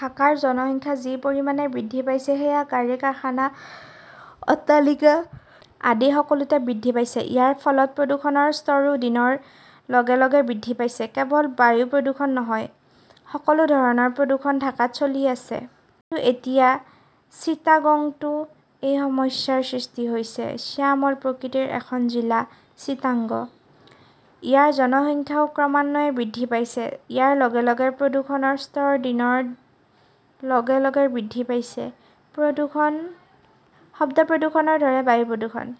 ঢাকাৰ জনসংখ্যা যি পৰিমাণে বৃদ্ধি পাইছে সেয়া গাড়ী, কাৰখানা, অট্টালিকা আদি সকলোতে বৃদ্ধি পাইছে। ইয়াৰ ফলত প্ৰদূষণৰ স্তৰো দিনৰ লগে লগে বৃদ্ধি পাইছে। কেৱল বায়ু প্ৰদূষণ নহয়, সকলো ধৰণৰ প্ৰদূষণ ঢাকাত চলি আছে। কিন্তু এতিয়া চিটাগঙটো এই সমস্যাৰ সৃষ্টি হৈছে। শ্যামল প্ৰকৃতিৰ এখন জিলা চিটাগং। ইয়াৰ জনসংখ্যাও ক্ৰমান্বয়ে বৃদ্ধি পাইছে। ইয়াৰ লগে লগে প্ৰদূষণৰ স্তৰ দিনৰ লগে লগে বৃদ্ধি পাইছে। শব্দ প্ৰদূষণৰ দৰে বায়ু প্ৰদূষণ।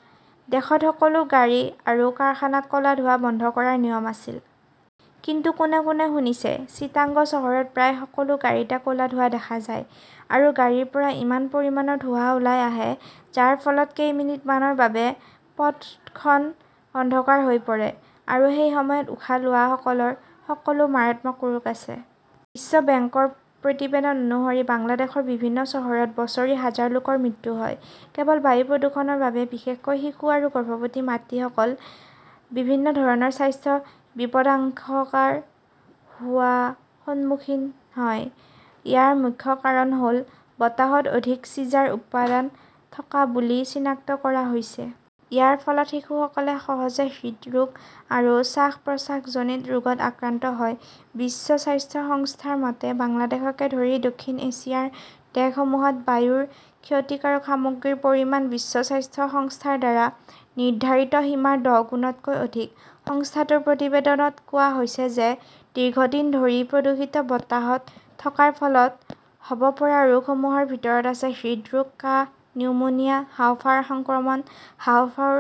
দেশত সকলো গাড়ী আৰু কাৰখানাত ক 'লা ধোঁৱা বন্ধ কৰাৰ নিয়ম আছিল। কিন্তু কোনে কোনে শুনিছে। চিটাগং চহৰত প্ৰায় সকলো গাড়ীতে ক 'লা ধোঁৱা দেখা যায়। আৰু গাড়ীৰ পৰা ইমান পৰিমাণৰ ধোঁৱা ওলাই আহে, যাৰ ফলত কেইমিনিটমানৰ বাবে পথখন অন্ধকাৰ হৈ পৰে। আৰু সেই সময়ত উশাহ লোৱাসকলৰ সকলো মাৰাত্মক ৰোগ আছে। বিশ্ব বেংকৰ প্ৰতিবেদন অনুসৰি, বাংলাদেশৰ বিভিন্ন চহৰত বছৰি হাজাৰ লোকৰ মৃত্যু হয়, কেৱল বায়ু প্ৰদূষণৰ বাবে, বিশেষকৈ শিশু আৰু গৰ্ভৱতী মাতৃসকল বিভিন্ন ধৰণৰ স্বাস্থ্য বিপদাশংকাৰ সন্মুখীন হয়। ইয়াৰ মুখ্য কাৰণ হ'ল, বতাহত অধিক চিজাৰ উপাদান থকা বুলি চিনাক্ত কৰা হৈছে। ইয়াৰ ফলত শিশুসকলে সহজে হৃদৰোগ আৰু শ্বাস-প্ৰশ্বাসজনিত ৰোগত আক্ৰান্ত হয়। বিশ্ব স্বাস্থ্য সংস্থাৰ মতে, বাংলাদেশকে ধৰি দক্ষিণ এছিয়াৰ দেশসমূহত বায়ুৰ ক্ষতিকাৰক সামগ্ৰীৰ পৰিমাণ বিশ্ব স্বাস্থ্য সংস্থাৰ দ্বাৰা নিৰ্ধাৰিত সীমাৰ দহগুণতকৈ অধিক। সংস্থাটোৰ প্ৰতিবেদনত কোৱা হৈছে যে, দীৰ্ঘদিন ধৰি প্ৰদূষিত বতাহত থকাৰ ফলত হ'ব পৰা ৰোগসমূহৰ ভিতৰত আছে হৃদৰোগ, কাহ, নিউমোনিয়া, হাঁওফাঁওৰ সংক্ৰমণ, হাঁওফাঁওৰ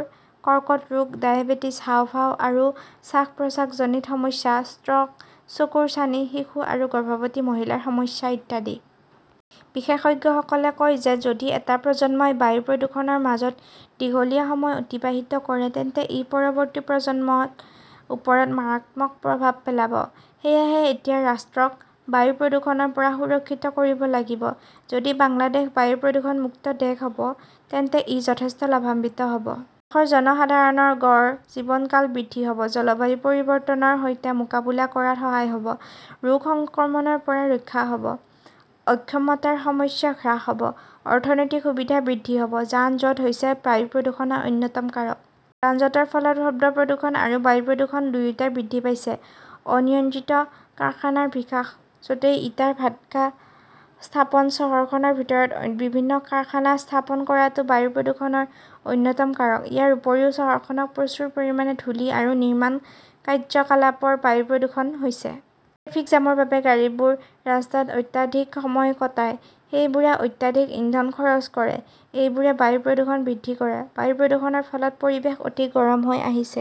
কৰ্কট ৰোগ, ডায়েবেটিছ, হাঁওফাঁও আৰু শ্বাস-প্ৰশ্বাসজনিত সমস্যা, ষ্ট্ৰ'ক, চকুৰ ছানি, শিশু আৰু গৰ্ভৱতী মহিলাৰ সমস্যা আদি। বিশেষজ্ঞসকলে কয় যে, যদি এটা প্ৰজন্মই বায়ু প্ৰদূষণৰ মাজত দীঘলীয়া সময় অতিবাহিত কৰে, তেন্তে ই পৰৱৰ্তী প্ৰজন্মৰ ওপৰত মাৰাত্মক প্ৰভাৱ পেলাব। সেয়েহে, এতিয়া ৰাষ্ট্ৰক বায়ু প্ৰদূষণৰ পৰা সুৰক্ষিত কৰিব লাগিব। যদি বাংলাদেশ বায়ু প্ৰদূষণ মুক্ত দেশ হ'ব, তেন্তে ই যথেষ্ট লাভান্বিত হ'ব। দেশৰ জনসাধাৰণৰ গড় জীৱনকাল বৃদ্ধি হ 'ব, জলবায়ু পৰিৱৰ্তনৰ সৈতে মোকাবিলা কৰাত সহায় হ' ব, ৰোগ সংক্ৰমণৰ পৰা ৰক্ষা হ 'ব, অক্ষমতাৰ সমস্যা হ্ৰাস হ' ব, অৰ্থনৈতিক সুবিধা বৃদ্ধি হ'ব। যান-জঁট হৈছে বায়ু প্ৰদূষণৰ অন্যতম কাৰক। যান-জঁটৰ ফলত শব্দ প্ৰদূষণ আৰু বায়ু প্ৰদূষণ দুয়োটাই বৃদ্ধি পাইছে। অনিয়ন্ত্ৰিত কাৰখানাৰ বিকাশ, য 'তেই ইটাৰ ভাটকা স্থাপন, চহৰখনৰ ভিতৰত বিভিন্ন কাৰখানা স্থাপন কৰাটো বায়ু প্ৰদূষণৰ অন্যতম কাৰক। ইয়াৰ উপৰিও চহৰখনত প্ৰচুৰ পৰিমাণে ধূলি আৰু নিৰ্মাণ কাৰ্যকলাপৰ বায়ু প্ৰদূষণ হৈছে। ট্ৰেফিক জামৰ বাবে গাড়ীবোৰে ৰাস্তাত অত্যাধিক সময় কটায়, সেইবোৰে অত্যাধিক ইন্ধন খৰচ কৰে, এইবোৰে বায়ু প্ৰদূষণ বৃদ্ধি কৰে। বায়ু প্ৰদূষণৰ ফলত পৰিৱেশ অতি গৰম হৈ পৰিছে।